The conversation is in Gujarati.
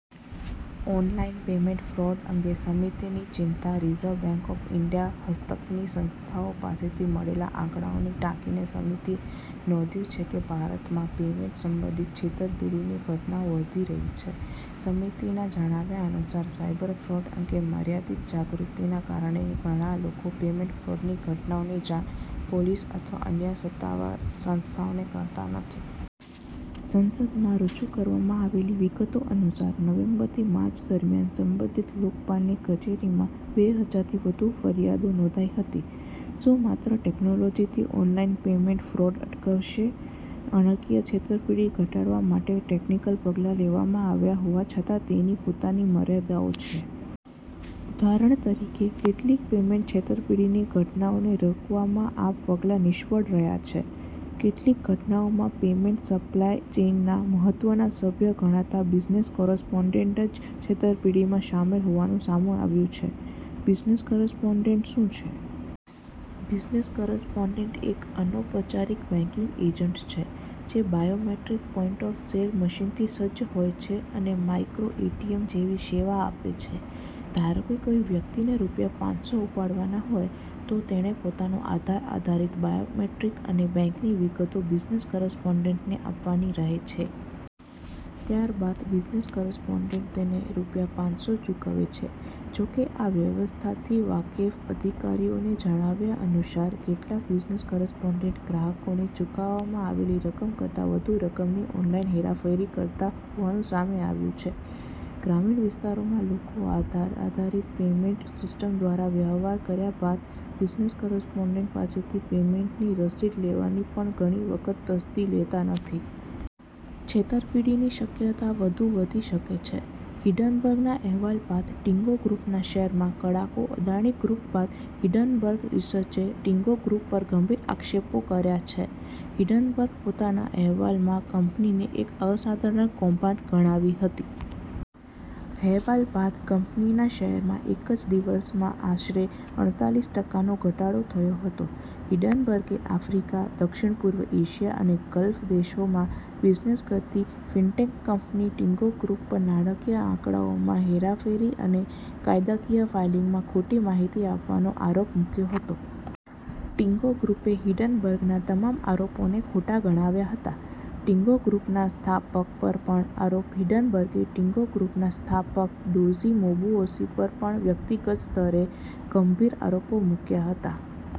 ઓનલાઈન પેમેન્ટ ફ્રોડ અંગે સમિતિની ચિંતા રિઝર્વ બેંક ઓફ ઈન્ડિયા હસ્તકની સંસ્થાઓ પાસેથી મળેલા આંકડાઓને ટાંકીને સમિતિએ નોંધ્યું છે કે ભારતમાં પેમેન્ટ સંબંધિત છેતરપિંડીની ઘટનાઓ વધી રહી છે. સમિતિના જણાવ્યા અનુસાર, સાયબર ફ્રોડ અંગે મર્યાદિત જાગૃતિના કારણે ઘણા લોકો પેમેન્ટ ફ્રોડની ઘટનાઓની જાણ પોલીસ અથવા અન્ય સત્તાવાર સંસ્થાઓને કરતા નથી. સંસદમાં રજૂ કરવામાં આવેલી વિગતો અનુસાર, નવેમ્બરથી માર્ચ દરમિયાન સંબંધિત લોકપાલની કચેરીમાં બે હજારથી વધુ ફરિયાદો નોંધાઈ હતી. શું માત્ર ટેક્નોલોજીથી ઓનલાઈન પેમેન્ટ ફ્રોડ અટકશે? નાણાકીય છેતરપિંડી ઘટાડવા માટે ટેક્નિકલ પગલાં લેવામાં આવ્યા હોવા છતાં તેની પોતાની મર્યાદાઓ છે. ઉદાહરણ તરીકે, કેટલીક પેમેન્ટ છેતરપિંડીની ઘટનાઓને રોકવામાં આ પગલાં નિષ્ફળ રહ્યા છે. કેટલીક ઘટનાઓમાં પેમેન્ટ સપ્લાય ચેઇનના મહત્વના સભ્ય ગણાતા બિઝનેસ કોરસ્પોન્ડન્ટ જ છેતરપિંડીમાં સામેલ હોવાનું સામે આવ્યું છે. બિઝનેસ કોરસ્પોન્ડન્ટ શું છે? બિઝનેસ કોરસ્પોન્ડન્ટ એક અનૌપચારિક બેંકિંગ એજન્ટ છે, જે બાયોમેટ્રિક પોઈન્ટ-ઓફ-સેલ મશીનથી સજ્જ હોય છે અને માઇક્રો-એટીએમ જેવી સેવા આપે છે. ધારો કે કોઈ વ્યક્તિને રૂપિયા પાંચસો ઉપાડવાના હોય. તો તેણે પોતાનું આધાર આધારિત બાયોમેટ્રિક અને બેંકની વિગતો બિઝનેસ કોરસ્પોન્ડન્ટને આપવાની રહે છે. ત્યારબાદ બિઝનેસ કોરસ્પોન્ડન્ટ તેને રૂપિયા પાંચસો ચૂકવે છે. જોકે, આ વ્યવસ્થાથી વાકેફ અધિકારીઓની જણાવ્યા અનુસાર, કેટલાક બિઝનેસ કોરસ્પોન્ડન્ટ ગ્રાહકોને ચૂકવવામાં આવેલી રકમ કરતાં વધુ રકમની ઓનલાઈન હેરાફેરી કરતા હોવાનું સામે આવ્યું છે. ગ્રામીણ વિસ્તારોમાં લોકો આધાર આધારિત પેમેન્ટ સિસ્ટમ દ્વારા વ્યવહાર કર્યા બાદ બિઝનેસ કોરસ્પોન્ડન્ટ પાસેથી પેમેન્ટની રસીદ લેવાની પણ ઘણી વખત તસ્દી લેતા નથી. છેતરપિંડીની શક્યતા વધુ વધી શકે છે. હિંડનબર્ગના અહેવાલ બાદ ટિન્ગો ગ્રૂપના શેરમાં કડાકો અદાણી ગ્રૂપ બાદ હિંડનબર્ગ રિસર્ચે ટિન્ગો ગ્રૂપ પર ગંભીર આક્ષેપો કર્યા છે. હિંડનબર્ગ પોતાના અહેવાલમાં કંપનીને એક અસાધારણ કૌભાડ ગણાવી હતી. અહેવાલ બાદ કંપનીના શેરમાં એક જ દિવસમાં આશરે અડતાલીસ ટકાનો ઘટાડો થયો હતો. હિંડનબર્ગે આફ્રિકા, દક્ષિણપૂર્વ એશિયા અને ગલ્ફ દેશોમાં બિઝનેસ કરતી ફિનટેક કંપની ટિન્ગો ગ્રૂપ પર નાણાકીય આંકડાઓમાં હેરાફેરી અને કાયદાકીય ફાઇલિંગમાં ખોટી માહિતી આપવાનો આરોપ મૂક્યો હતો. ટિન્ગો ગ્રૂપે હિંડનબર્ગના તમામ આરોપોને ખોટા ગણાવ્યા હતા. ટિન્ગો ગ્રૂપના સ્થાપક પર પણ આરોપ હિંડનબર્ગે ટિન્ગો ગ્રૂપના સ્થાપક ડોઝી મોબુઓસી પર પણ વ્યક્તિગત સ્તરે ગંભીર આરોપો મૂક્યા હતા.